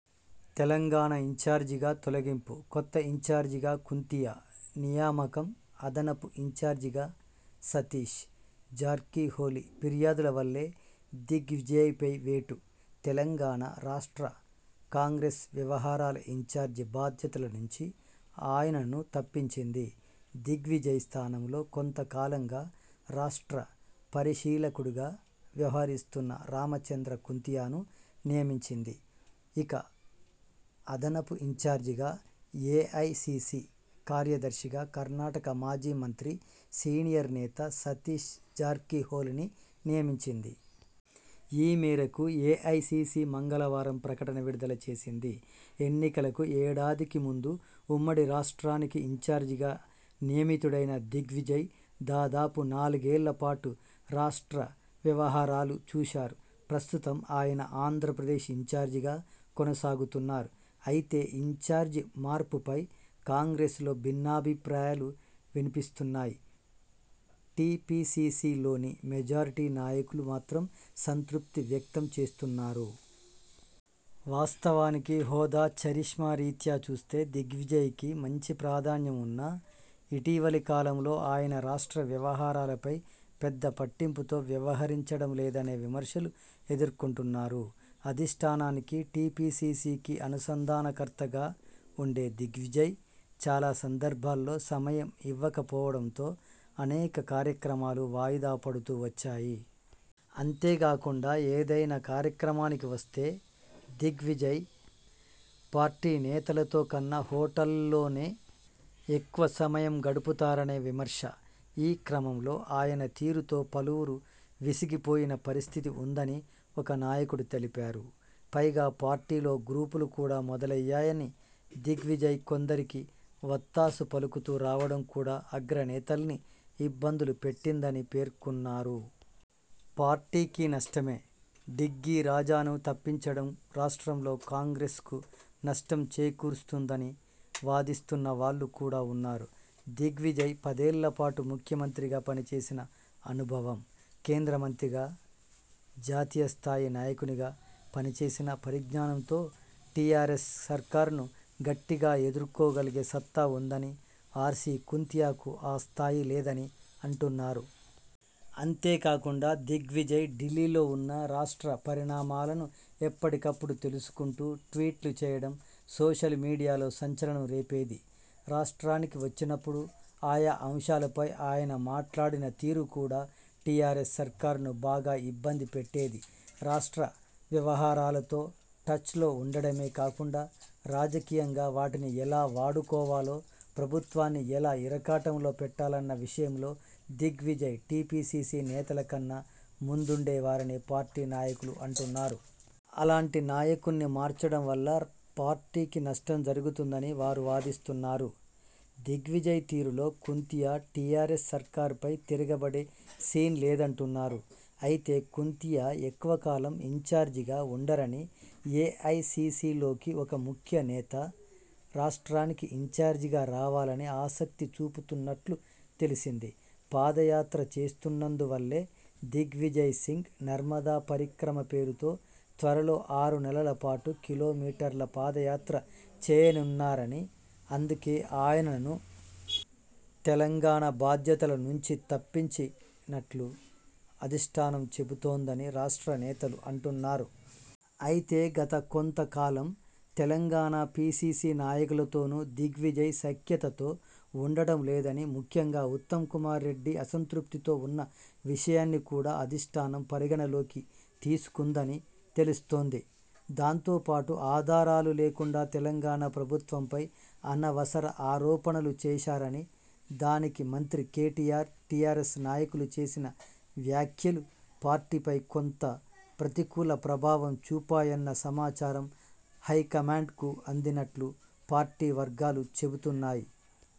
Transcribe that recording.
తెలంగాణ ఇన్చార్జిగా తొలగింపుకొత్త ఇన్చార్జిగా కుంతియా నియామకంఅదనపు ఇన్చార్జిగా సతీష్ జార్కిహొళిఫిర్యాదుల వల్లే దిగ్విజయ్పై వేటు! తెలంగాణ రాష్ట్ర కాంగ్రెస్ వ్యవహారాల ఇన్చార్జి బాధ్యతల నుంచి ఆయనను తప్పించింది. దిగ్విజయ్ స్థానంలో కొంత కాలంగా రాష్ట్ర పరిశీలకుడిగా వ్యవహరిస్తున్న రామచంద్ర కుంతియాను నియమించింది. ఇక అదనపు ఇన్చార్జిగా, ఏఐసీసీ కార్యదర్శిగా కర్ణాటక మాజీ మంత్రి, సీనియర్ నేత సతీశ్ జార్కిహొళిని నియమించింది. ఈ మేరకు ఏఐసీసీ మంగళవారం ప్రకటన విడుదల చేసింది. ఎన్నికలకు ఏడాదికి ముందు ఉమ్మడి రాష్ట్రానికి ఇన్చార్జిగా నియమితుడైన దిగ్విజయ్ దాదాపు నాలుగేళ్లపాటు రాష్ట్ర వ్యవహారాలు చూశారు. ప్రస్తుతం ఆయన ఆంధ్రప్రదేశ్ ఇన్చార్జిగా కొనసాగుతున్నారు. అయితే ఇన్చార్జి మార్పుపై కాంగ్రె్సలో భిన్నాభిప్రాయాలు వినిపిస్తున్నాయి. టీపీసీసీలోని మెజారిటీ నాయకులు మాత్రం సంతృప్తి వ్యక్తం చేస్తున్నారు. వాస్తవానికి హోదా, ఛరిష్మా రీత్యా చూస్తే దిగ్విజయ్కి మంచి ప్రాధాన్యం ఉన్నా ఇటీవలి కాలంలో ఆయన రాష్ట్ర వ్యవహారాలపై పెద్ద పట్టింపుతో వ్యవహరించడం లేదనే విమర్శలు ఎదుర్కొంటున్నారు. అధిష్ఠానానికి టీపీసీసీకి అనుసంధానకర్తగా ఉండే దిగ్విజయ్ చాలా సందర్భాల్లో సమయం ఇవ్వక పోవడంతో అనేక కార్యక్రమాలు వాయిదా పడుతూ వచ్చాయి. అంతేకాకుండా ఏదైనా కార్యక్రమానికి వస్తే దిగ్విజయ్ పార్టీ నేతలతో కన్నా హోటల్లోనే ఎక్కువ సమయం గడుపుతారనే విమర్శ ఈ క్రమంలో ఆయన తీరుతో పలువురు విసిగిపోయిన పరిస్థితి ఉందని ఒక నాయకుడు తెలిపారు. పైగా పార్టీలో గ్రూపులు కూడా మొదలయ్యాయని, దిగ్విజయ్ కొందరికి వత్తాసు పలుకుతూ రావడం కూడా అగ్రనేతల్ని ఇబ్బందులు పెట్టిందని పేర్కొన్నారు. పార్టీకి నష్టమే డిగ్గీ రాజాను తప్పించడం రాష్ట్రంలో కాంగ్రెస్ కు నష్టం చేకూరుస్తుందని వాదిస్తున్న వాళ్లు కూడా ఉన్నారు. దిగ్విజయ్ పదేళ్ల పాటు ముఖ్యమంత్రిగా పనిచేసిన అనుభవం, కేంద్రమంత్రిగా, జాతీయ స్థాయి నాయకునిగా పనిచేసిన పరిజ్ఞానంతో టీఆర్ఎస్ సర్కారును గట్టిగా ఎదుర్కోగలిగే సత్తా ఉందని, ఆర్సీ కుంతియాకు ఆ స్థాయి లేదని అంటున్నారు. అంతేకాకుండా దిగ్విజయ్ ఢిల్లీలో ఉన్నా రాష్ట్ర పరిణామాలను ఎప్పటికప్పుడు తెలుసుకుంటూ ట్వీట్లు చేయడం సోషల్ మీడియాలో సంచలనం రేపేది. రాష్ట్రానికి వచ్చినప్పుడు ఆయా అంశాలపై ఆయన మాట్లాడిన తీరు కూడా టీఆర్ఎస్ సర్కారును బాగా ఇబ్బంది పెట్టేది. రాష్ట్ర వ్యవహారాలతో టచ్లో ఉండడమే కాకుండా రాజకీయంగా వాటిని ఎలా వాడుకోవాలో, ప్రభుత్వాన్ని ఎలా ఇరకాటంలో పెట్టాలన్న విషయంలో దిగ్విజయ్ టీపీసీసీ నేతలకన్నా ముందుండే వారని పార్టీ నాయకులు అంటున్నారు. అలాంటి నాయకున్ని మార్చడం వల్ల పార్టీకి నష్టం జరుగుతుందని వారు వాదిస్తున్నారు. దిగ్విజయ్ తీరులో కుంతియా టీఆర్ఎస్ సర్కారుపై తెగబడే సీన్ లేదంటున్నారు. అయితే కుంతియా ఎక్కువ కాలం ఇన్చార్జిగా ఉండరని, ఏఐసీసీలోకి ఒక ముఖ్యనేత రాష్ట్రానికి ఇన్చార్జిగా రావాలని ఆసక్తి చూపుతున్నట్లు తెలిసింది. పాదయాత్ర చేస్తున్నందువల్లే దిగ్విజయ్సింగ్ నర్మదా పరిక్రమ పేరుతో త్వరలో ఆరు నెలల పాటు కిలోమీటర్ల పాదయాత్ర చేయనున్నారని, అందుకే ఆయనను తెలంగాణ బాధ్యతల నుంచి తప్పించి నట్లు అధిష్ఠానం చెబుతోందని రాష్ట్ర నేతలు అంటున్నారు. అయితే గత కొంత కాలం తెలంగాణ పీసీసీ నాయకుల తోనూ దిగ్విజయ్ సఖ్యతతో ఉండటంలేదని, ముఖ్యంగా ఉత్తమ్ కుమార్ రెడ్డి అసంతృప్తితో ఉన్న విషయాన్ని కూడా అధిష్ఠానం పరిగణనలోకి తీసుకుందని తెలుస్తోంది. దాంతోపాటు ఆధారాలు లేకుండా తెలంగాణ ప్రభుత్వంపై అనవసర ఆరోపణలు చేశారని, దానికి మంత్రి కేటీఆర్, టీఆర్ఎస్ నాయకులు చేసిన వ్యాఖ్యలు పార్టీపై కొంత ప్రతికూల ప్రభావం చూపాయన్న సమాచారం హైకమాండ్కు అందినట్లు పార్టీ వర్గాలు చెబుతున్నాయి.